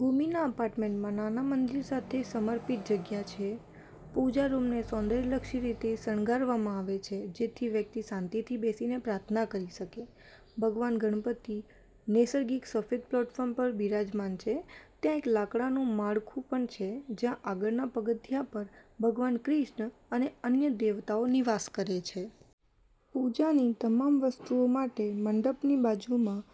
ભૂમિના એપાર્ટમેન્ટમાં નાના મંદિર માટે સમર્પિત જગ્યા છે. પૂજા રૂમને સૌંદર્યલક્ષી રીતે શણગારવામાં આવે છે જેથી વ્યક્તિ શાંતિથી બેસીને પ્રાર્થના કરી શકે. ભગવાન ગણપતિ નૈસર્ગિક સફેદ પ્લેટફોર્મ પર બિરાજમાન છે. ત્યાં એક લાકડાનું માળખું પણ છે જ્યાં આગળના પગથિયાં પર ભગવાન કૃષ્ણ અને અન્ય દેવતાઓ નિવાસ કરે છે. પૂજાની તમામ વસ્તુઓ માટે મંડપની બાજુમાં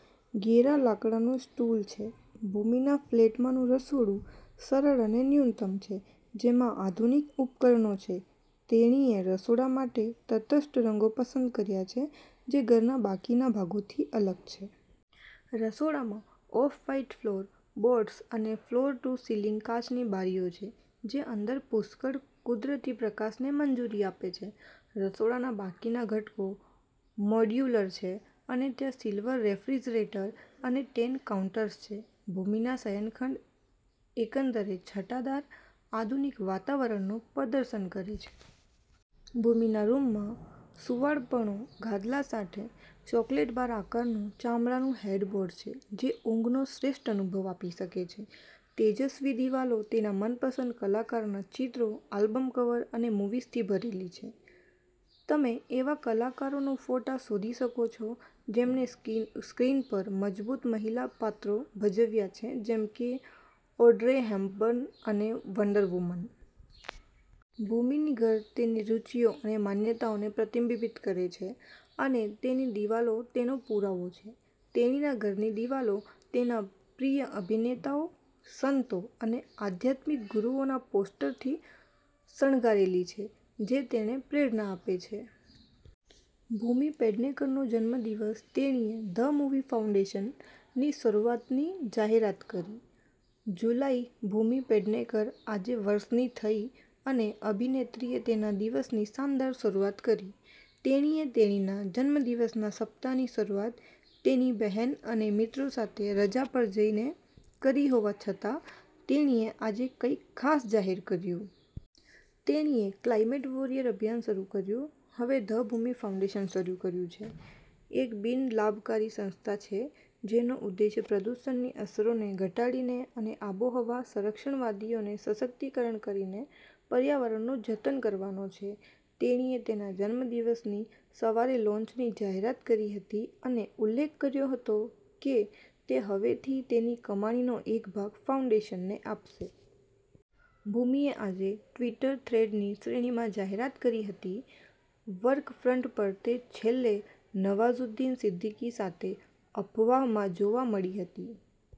ઘેરા લાકડાનું સ્ટૂલ છે. ભૂમિના ફ્લેટમાંનું રસોડું સરળ અને ન્યૂનતમ છે જેમાં આધુનિક ઉપકરણો છે. તેણીએ રસોડા માટે તટસ્થ રંગો પસંદ કર્યા છે જે ઘરના બાકીના ભાગોથી અલગ છે. રસોડામાં ઑફ-વ્હાઇટ ફ્લોર બોર્ડ્સ અને ફ્લોર-ટુ-સીલિંગ કાચની બારીઓ છે જે અંદર પુષ્કળ કુદરતી પ્રકાશને મંજૂરી આપે છે. રસોડાના બાકીના ઘટકો મોડ્યુલર છે અને ત્યાં સિલ્વર રેફ્રિજરેટર અને ટેન કાઉન્ટર્સ છે. ભૂમિના શયનખંડ એકંદરે છટાદાર, આધુનિક વાતાવરણનું પ્રદર્શન કરે છે. ભૂમિના રૂમમાં સુંવાળપનો ગાદલા સાથે ચોકલેટ બાર આકારનું ચામડાનું હેડબોર્ડ છે જે ઊંઘનો શ્રેષ્ઠ અનુભવ આપી શકે છે. તેજસ્વી દિવાલો તેના મનપસંદ કલાકારોના ચિત્રો, આલ્બમ કવર અને મૂવીઝથી ભરેલી છે. તમે એવા કલાકારોના ફોટા શોધી શકો છો જેમણે સ્ક્રીન પર મજબૂત મહિલા પાત્રો ભજવ્યા છે જેમ કે ઑડ્રે હેપબર્ન અને વન્ડર વુમન. ભૂમિનું ઘર તેની રુચિઓ અને માન્યતાઓને પ્રતિબિંબિત કરે છે અને તેની દિવાલો તેનો પુરાવો છે. તેણીના ઘરની દિવાલો તેના પ્રિય અભિનેતાઓ, સંતો અને આધ્યાત્મિક ગુરુઓના પોસ્ટરોથી શણગારેલી છે જે તેને પ્રેરણા આપે છે. ભૂમિ પેડનેકરનો જન્મદિવસ તેણીએ "ધ ભૂમિ ફાઉન્ડેશન" ની શરૂઆતની જાહેરાત કરી. જુલાઈ ભૂમિ પેડનેકર આજે વર્ષની થઈ અને અભિનેત્રીએ તેના દિવસની શાનદાર શરૂઆત કરી. તેણીએ તેણીના જન્મદિવસના સપ્તાહની શરૂઆત તેની બહેન અને મિત્રો સાથે રજા પર જઈને કરી હોવા છતાં, તેણીએ આજે કંઈક ખાસ જાહેર કર્યું. તેણીએ ક્લાઇમેટ વોરિયર અભિયાન શરૂ કર્યું અને હવે "ધ ભૂમિ ફાઉન્ડેશન" શરૂ કર્યું છે. એક બિન-લાભકારી સંસ્થા છે જેનો ઉદ્દેશ્ય પ્રદૂષણની અસરોને ઘટાડીને અને આબોહવા સંરક્ષણવાદીઓને સશક્તિકરણ કરીને પર્યાવરણનું જતન કરવાનો છે. તેણીએ તેના જન્મદિવસની સવારેલોન્ચની જાહેરાત કરી હતી અને ઉલ્લેખ કર્યો હતો કે તે હવેથી તેની કમાણીનો એક ભાગ ફાઉન્ડેશનને આપશે. ભૂમિએ આજે ટ્વિટર થ્રેડની શ્રેણીમાં જાહેરાત કરી હતી. વર્ક ફ્રન્ટ પર તે છેલ્લે નવાઝુદ્દીન સિદ્દીકી સાથે "અફવાહ" માં જોવા મળી હતી.